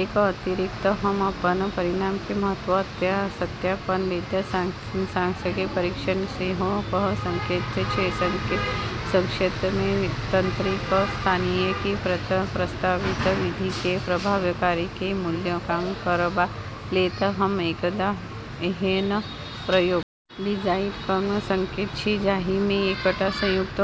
एकर अतिरिक्त, हम अपन परिणाम के महत्व के सत्यापन लेल सांख्यिकीय परीक्षण सेहो कए सकैत छी। संक्षेप मे, तंत्रिका स्थायित्व के प्रस्तावित विधि के प्रभावकारिता के मूल्यांकन करबा लेल, हम एकटा एहन प्रयोग डिजाइन कए सकैत छी जाहि मे एकटा उपयुक्त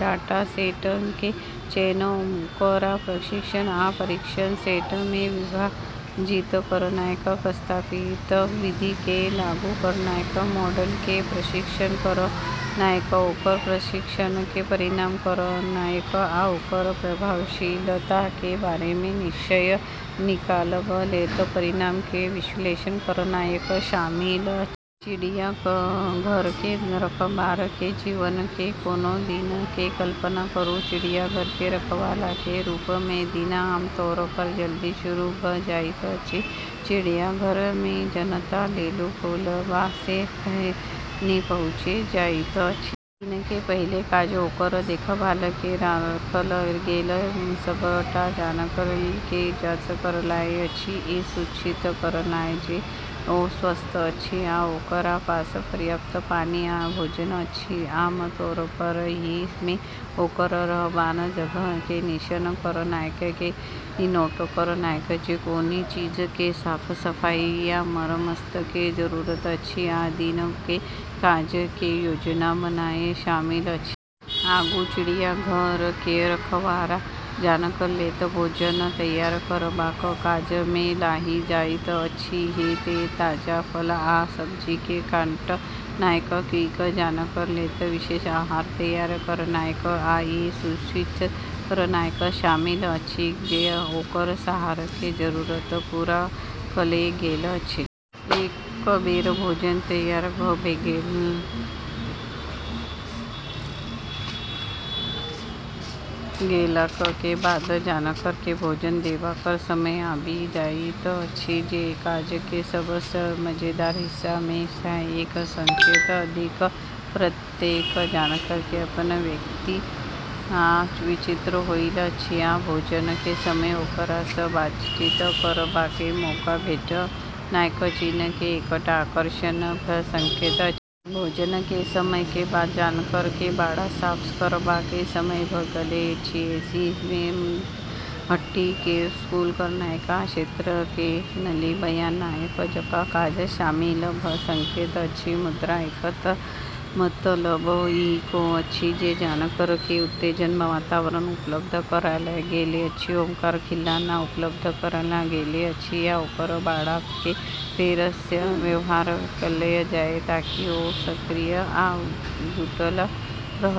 डाटासेट के चयन, ओकरा प्रशिक्षण आ परीक्षण सेट मे विभाजित करनाय, प्रस्तावित विधि के लागू करनाय, मॉडल के प्रशिक्षित करनाय, ओकर प्रदर्शन के परीक्षण करनाय, आ ओकर प्रभावशीलता के बारे मे निष्कर्ष निकालबा लेल परिणाम के विश्लेषण करनाय शामिल अछि। चिड़ियाघर के रखबार के जीवन के कोनो दिन के कल्पना करू। चिड़ियाघर के रखवाला के रूप मे दिन आम तौर पर जल्दी शुरू भ जाइत अछि, चिड़ियाघर मे जनता लेल खुलबा सँ पहिने पहुँचि जाइत अछि। दिन के पहिल काज ओकर देखभाल मे राखल गेल सबटा जानवर के जाँच करनाय अछि, ई सुनिश्चित करनाय जे ओ स्वस्थ अछि आ ओकरा पास पर्याप्त पानी आ भोजन अछि। आम तौर पर एहि मे ओकर रहबाक जगह के निरीक्षण करनाय, ई नोट करनाय जे कोनो चीज के साफ-सफाई या मरम्मत के जरूरत अछि, आ दिन के काज के योजना बनानाय शामिल अछि। आगू चिड़ियाघर के रखवार जानवर लेल भोजन तैयार करबाक काज मे लागि जाइत अछि। एहि मे ताजा फल आ सब्जी के काटनाय, किछ जानवर लेल विशेष आहार तैयार करनाय आ ई सुनिश्चित करनाय शामिल अछि जे ओकर आहार के जरूरत पूरा कएल गेल अछि। एक बेर भोजन तैयार भ गेलाक के बाद जानवर के भोजन देबाक समय आबि जाइत अछि, जे काज के सब सँ मजेदार हिस्सा मे सँ एक भ सकैत अछि। प्रत्येक जानवर के अपन व्यक्तित्व आ विचित्रता होइत अछि, आ भोजन के समय ओकरा सँ बातचीत करबाक मौका भेटनाय दिन के एकटा आकर्षण भ सकैत अछि। भोजन के समय के बाद जानवर के बाड़ा साफ करबाक समय भ गेल अछि। एहि मे टट्टी के स्कूप करनाय आ क्षेत्र के नली बनानाय जकां काज शामिल भ सकैत अछि, मुदा एकर मतलब ईहो अछि जे जानवर के उत्तेजक वातावरण उपलब्ध करायल गेल अछि, ओकरा खिलौना उपलब्ध करायल गेल अछि या ओकर बाड़ा के फेर सँ व्यवस्थित कएल जाए ताकि ओ सक्रिय आ जुटल रहए।